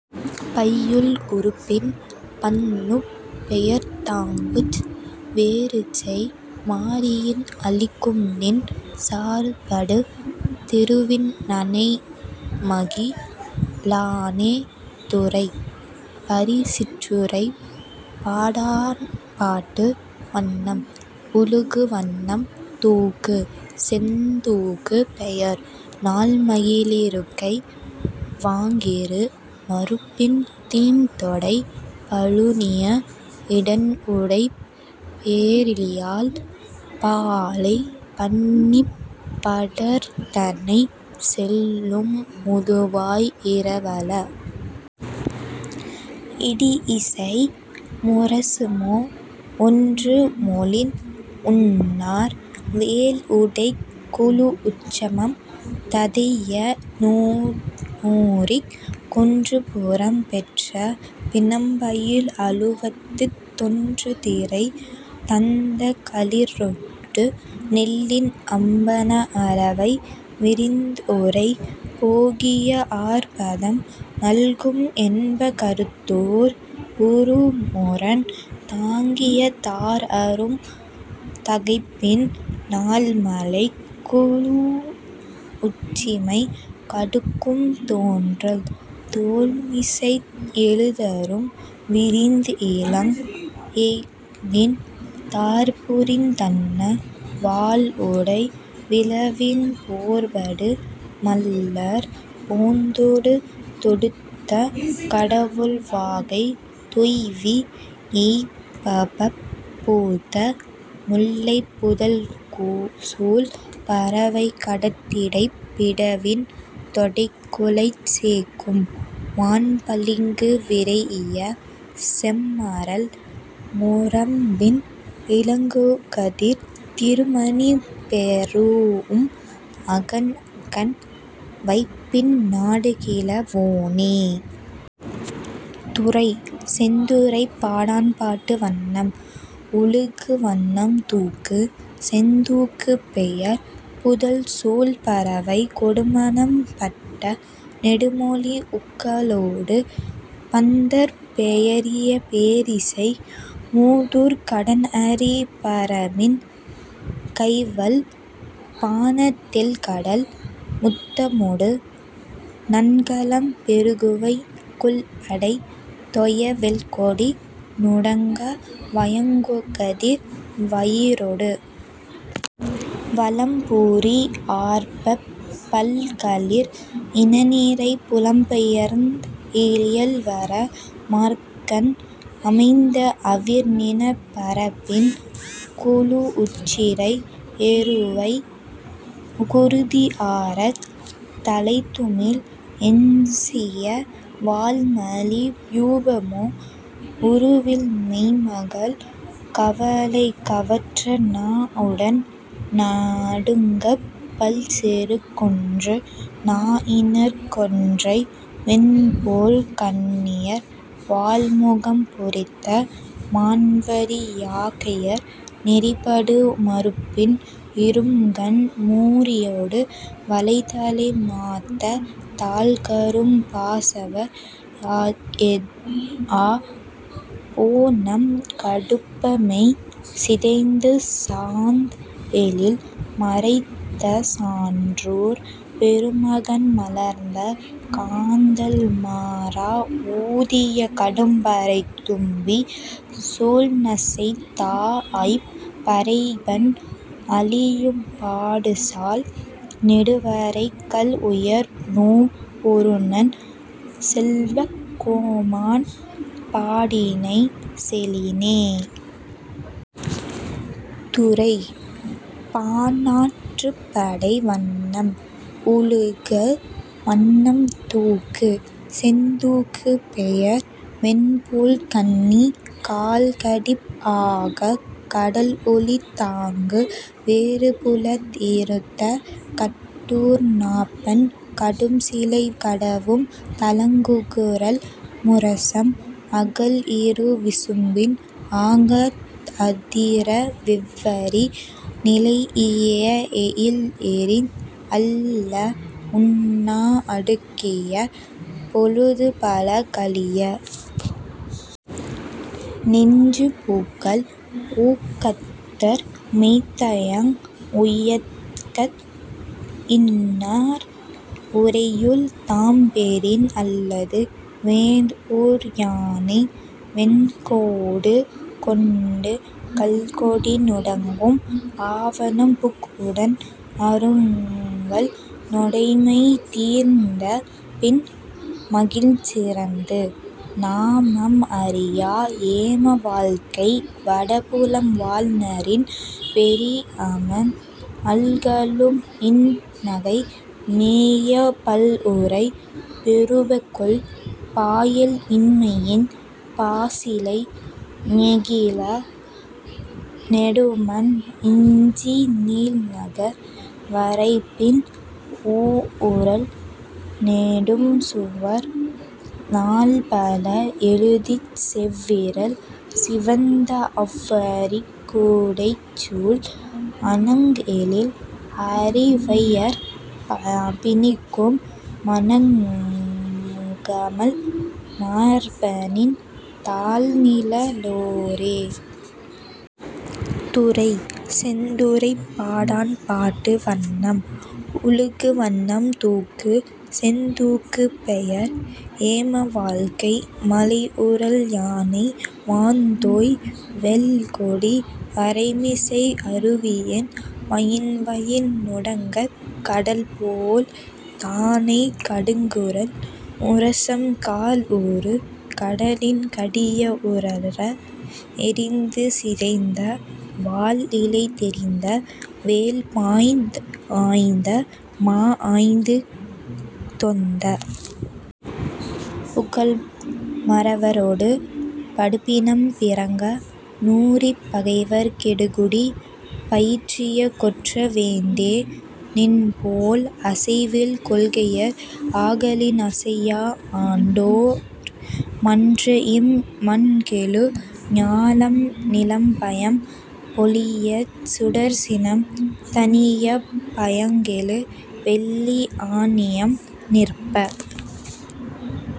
பையுள் உறுப்பின் பண்ணுப் பெயர்த்தாங்குச் வேறுசெய் மாரியின் அளிக்கும்நின் சாறுபடு திருவின் நனைமகி ழானே. துறை: பரிசிற்றுறைப் பாடாண்பாட்டு வண்ணம்: ஒழுகு வண்ணம் தூக்கு: செந்தூக்கு பெயர்: நாள்மகிழிருக்கை வாங்கிரு மருப்பின் தீம்தொடை பழுனிய இடன்உடைப் பேரியாழ் பாலை பண்ணிப் படர்ந்தனை செல்லும் முதுவாய் இரவல இடிஇசை முரசமொ ஒன்றுமொழிந் ஒன்னார் வேல்உடைக் குழூஉச்சமம் ததைய நூறிக் கொன்றுபுறம் பெற்ற பிணம்பயில் அழுவத்துத் தொன்றுதிறை தந்த களிற்றொடு நெல்லின் அம்பண அளவை விரிந்உறை போகிய ஆர்பதம் நல்கும் என்ப கறுத்தோர் உறுமுரண் தாங்கிய தார்அரும் தகைப்பின் நாள்மழைக் குழூஉச்சிமை கடுக்கும் தோன்றல் தோல்மிசைத் எழுதரும் விரிந்இலங் எஃகின் தார்புரிந் தன்ன வாள்உடை விழவின் போர்படு மள்ளர் போந்தொடு தொடுத்த கடவுள் வாகைத் துய்வீ ஏய்ப்பப் பூத்த முல்லைப் புதல்சூழ் பறவை கடத்திடைப் பிடவின் தொடைக்குலைச் சேக்கும் வான்பளிங்கு விரைஇய செம்பரல் முரம்பின் இலங்குகதிர்த் திருமணி பெறூஉம் அகன்கண் வைப்பின் நாடுகிழ வோனே. துறை: செந்துறைப் பாடாண்பாட்டு வண்ணம்: ஒழுகு வண்ணம் தூக்கு: செந்தூக்கு பெயர்: புதல்சூழ் பறவை கொடுமணம் பட்ட நெடுமொழி ஒக்கலொடு பந்தர்ப் பெயரிய பேரிசை மூதூர்க் கடன்அறி மரபின் கைவல் பாண தெள்கடல் முத்தமொடு நன்கலம் பெறுகுவை கொல்படை தொய வெல்கொடி நுடங்க வயங்குகதிர் வயிரொடு வலம்புரி ஆர்ப்பப் பல்களிற் இனநிரை புலம்பெயர்ந் இயல்வர அமர்க்கண் அமைந்த அவிர்நிணப் பரப்பின் குழூஉச்சிறை எருவை குருதி ஆரத் தலைதுமிந் எஞ்சிய வாள்மலி யூபமொ உருவில் பேய்மகள் கவலை கவற்ற நாஉடன் நடுங்கப் பல்செருக் கொன்று நாஇணர்க் கொன்றை வெண்போழ்க் கண்ணியர் வாள்முகம் பொறித்த மாண்வரி யாக்கையர் நெறிபடு மருப்பின் இரும்கண் மூரியொடு வளைதலை மாத்த தாழ்கரும் பாசவர் எஃஆ ஊனம் கடுப்பமெய் சிதைந்து சாந்எழில் மறைத்த சன்றோர் பெருமகன் மலர்ந்த காந்தள் மாறா ஊதிய கடும்பறைத் தும்பி சூர்நசைத் தாஅய்ப் பறைபண் அழியும் பாடுசால் நெடுவரைக் கல்உயர் நோப் பொருநன் செல்வக் கோமான் பாடினை செலினே. துறை: பாணாற்றுப்படை வண்ணம்: ஒழுகு வண்ணம் தூக்கு: செந்தூக்கு பெயர்: வெண்போழ்க்கண்ணி கால்கடிப் ஆகக் கடல்ஒலித் தாங்கு வேறுபுலத் இறுத்த கட்டூர் நாப்பண் கடும்சிலை கடவும் தழங்குகுரல் முரசம் அகல்இரு விசும்பின் ஆகத் அதிர வெவ்வரி நிலைஇய எயில்எறிந் அல்ல உண்ணா அடுக்கிய பொழுதுபல கழிய நெஞ்சுபுகல் ஊக்கத்தர் மெய்தயங் உயக்கத் இன்னார் உறையுள் தாம்பெறின் அல்லது வேந்ஊர் யானை வெண்கோடு கொண்டு கள்கொடி நுடங்கும் ஆவணம் புக்உடன் அருங்கள் நொடைமை தீர்ந்தபின் மகிழ்சிறந்து நாமம் அறியா ஏம வாழ்க்கை வடபுலம் வாழ்நரின் பெரிஅமர்ந் அல்கலும் இன்நகை மேய பல்உறை பெறுபகொல் பாயல் இன்மையின் பாசிழை ஞெகிழ நெடுமண் இஞ்சி நீள்நகர் வரைப்பின் ஓஉறழ் நெடும்சுவர் நாள்பல எழுதிச் செவ்விரல் சிவந்த அவ்வரிக் குடைச்சூல் அணங்எழில் அரிவையர்ப் பிணிக்கும் மணம்கமழ் மார்பநின் தாள்நிழ லோரே. துறை: செந்துறைப்பாடாண்பாட்டு வண்ணம்: ஒழுகு வண்ணம் தூக்கு: செந்தூக்கு பெயர்: ஏமவாழ்க்கை மலைஉறழ் யானை வான்தோய் வெல்கொடி வரைமிசை அருவியின் வயின்வயின் நுடங்கக் கடல்போல் தானைக் கடுங்குரல் முரசம் கால்உறு கடலின் கடிய உரற எறிந்துசிதைந்த வாள் இலை தெரிந்த வேல் பாய்ந்ஆய்ந்த மா ஆய்ந்துதொந்த புகல்மறவரொடு படுபிணம் பிறங்க நூறிப் பகைவர் கெடுகுடி பயிற்றிய கொற்ற வேந்தே நின்போல், அசைவில் கொள்கையர் ஆகலின் அசையா ஆண்டோ ர் மன்றஇம் மண்கெழு ஞாலம் நிலம்பயம் பொழியச் சுடர்சினம் தணியப் பயங்கெழு வெள்ளி ஆநியம் நிற்ப